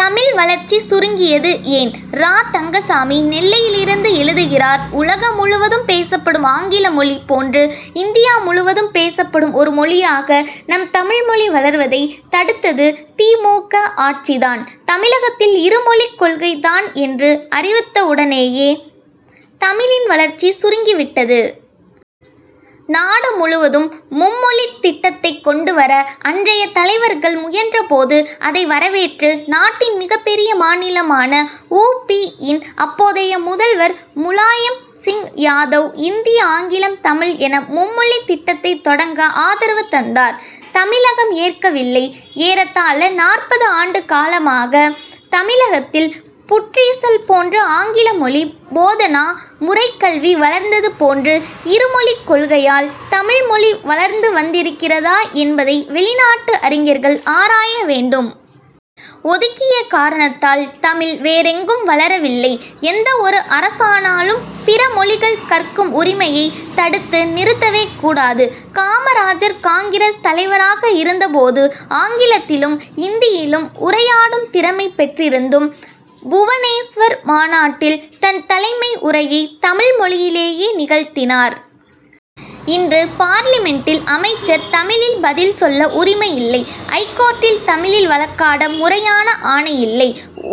தமிழ் வளர்ச்சி சுருங்கியது ஏன்? ரா. தங்கசாமி, நெல்லையிலிருந்து எழுதுகிறார் உலகம் முழுவதும் பேசப்படும் ஆங்கில மொழி போன்று, இந்தியா முழுவதும் பேசப்படும் ஒரு மொழியாக நம் தமிழ்மொழி வளர்வதை தடுத்தது தி. மு. க., ஆட்சி தான். தமிழகத்தில் இருமொழி கொள்கை தான் என்று அறிவித்தவுடனேயே, தமிழின் வளர்ச்சி சுருங்கி விட்டது. நாடு முழுவதும் மும்மொழித் திட்டத்தை கொண்டு வர அன்றைய தலைவர்கள் முயன்றபோது, அதை வரவேற்று, நாட்டின் மிகப்பெரிய மாநிலமான உ. பி.,யின் அப்போதைய முதல்வர் முலாயம் சிங் யாதவ், இந்தி, ஆங்கிலம், தமிழ் என மும்மொழி திட்டத்தை தொடங்க ஆதரவு தந்தார். தமிழகம் ஏற்கவில்லை. ஏறத்தாழ நாற்பது ஆண்டு காலமாக, தமிழகத்தில் புற்றீசல் போன்று ஆங்கில மொழி போதனா முறைக்கல்வி வளர்ந்தது போன்று, இருமொழிக் கொள்கையால் தமிழ் மொழி வளர்ந்து வந்திருக்கிறதா என்பதை, வெளிநாட்டு அறிஞர்கள் ஆராய வேண்டும். ஒதுக்கிய காரணத்தால், தமிழ் வேறெங்கும் வளரவில்லை. எந்த ஒரு அரசானாலும், பிற மொழிகள் கற்கும் உரிமையை தடுத்து நிறுத்தவே கூடாது. காமராஜர், காங்கிரஸ் தலைவராக இருந்த போது, ஆங்கிலத்திலும், இந்தியிலும் உரையாடும் திறமை பெற்றிருந்தும், புவனேஸ்வர் மாநாட்டில் தன் தலைமை உரையை, தமிழ் மொழியிலேயே நிகழ்த்தினார். இன்று பார்லிமென்டில் அமைச்சர் தமிழில் பதில் சொல்ல உரிமையில்லை. ஐகோர்ட்டில் தமிழில் வழக்காட முறையான ஆணை இல்லை.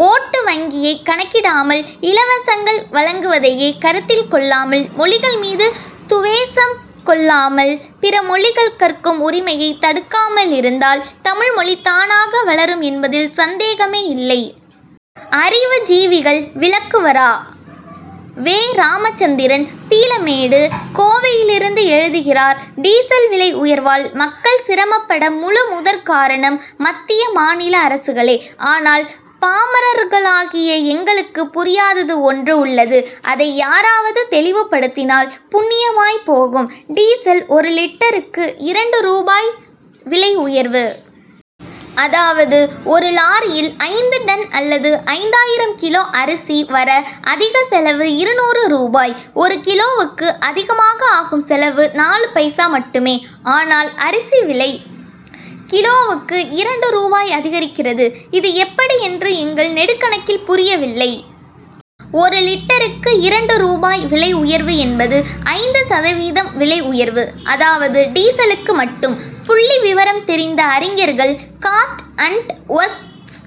ஓட்டு வங்கியை கணக்கிடாமல், இலவசங்கள் வழங்குவதையே கருத்தில் கொள்ளாமல், மொழிகள் மீது துவேஷம் கொள்ளாமல், பிற மொழிகள் கற்கும் உரிமையை தடுக்காமலிருந்தால், தமிழ்மொழி தானாகவளரும் என்பதில் சந்தேகமே இல்லை. அறிவு ஜீவிகள் விளக்குவரா? வே. ராமச்சந்திரன், பீளமேடு, கோவையிலிருந்து எழுதுகிறார் டீசல் விலை உயர்வால் மக்கள் சிரமப்பட முழு முதற்காரணம் மத்திய, மாநில அரசுகளே! ஆனால், பாமரர்களாகிய எங்களுக்கு புரியாதது ஒன்று உள்ளது. அதை யாராவது தெளிவுபடுத்தினால் புண்ணியமாய் போகும். டீசல் ஒரு லிட்டருக்கு, இரண்டு ரூபாய் விலை உயர்வு. அதாவது, ஒரு லாரியில் ஐந்து டன் அல்லது ஐந்தாயிரம் கிலோ அரிசி வர, அதிக செலவு இருநூறு ரூபாய். ஒரு கிலோவுக்கு அதிகமாக ஆகும் செலவு, நாலு பைசா மட்டுமே! ஆனால், அரிசி விலை, கிலோவுக்கு இரண்டு ரூபாய் அதிகரிக்கிறது. இது எப்படி என்று எங்கள் நெடுங்கணக்கில் புரியவில்லை. ஒரு லிட்டருக்கு இரண்டு ரூபாய் விலை உயர்வு என்பது, ஐந்து சதவீதம் விலை உயர்வு. அதாவது, டீசலுக்கு மட்டும். புள்ளி விவரம் தெரிந்த அறிஞர்கள், காஸ்ட் அண்ட் ஒர்க்ஸ்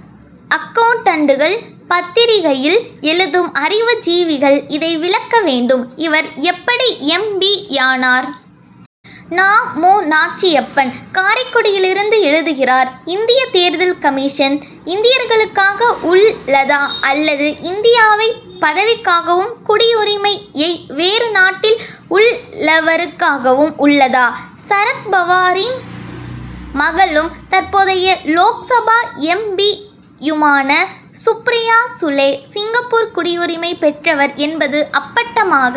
அக்கவுன்டன்டுகள், பத்திரிகையில் எழுதும் அறிவு ஜீவிகள் இதை விளக்க வேண்டும். இவர் எப்படி எம். பி.,யானார்? நா. மு. நாச்சியப்பன், காரைக்குடியிலிருந்து எழுதுகிறார் இந்தியத் தேர்தல் கமிஷன், இந்தியர்களுக்காக உள் ளதா அல்லது இந்தியாவைப் பதவிக்காகவும், குடியுரிமை யை வேறு நாட்டில் உள் ளவருக்காகவும் உள்ளதா? சரத்பவாரின் மகளும், தற்போதைய Lok Sabha M. B., யுமான Supriya Sule, Singapore குடியுரிமை பெற்றவர் என்பது அப்பட்டமாக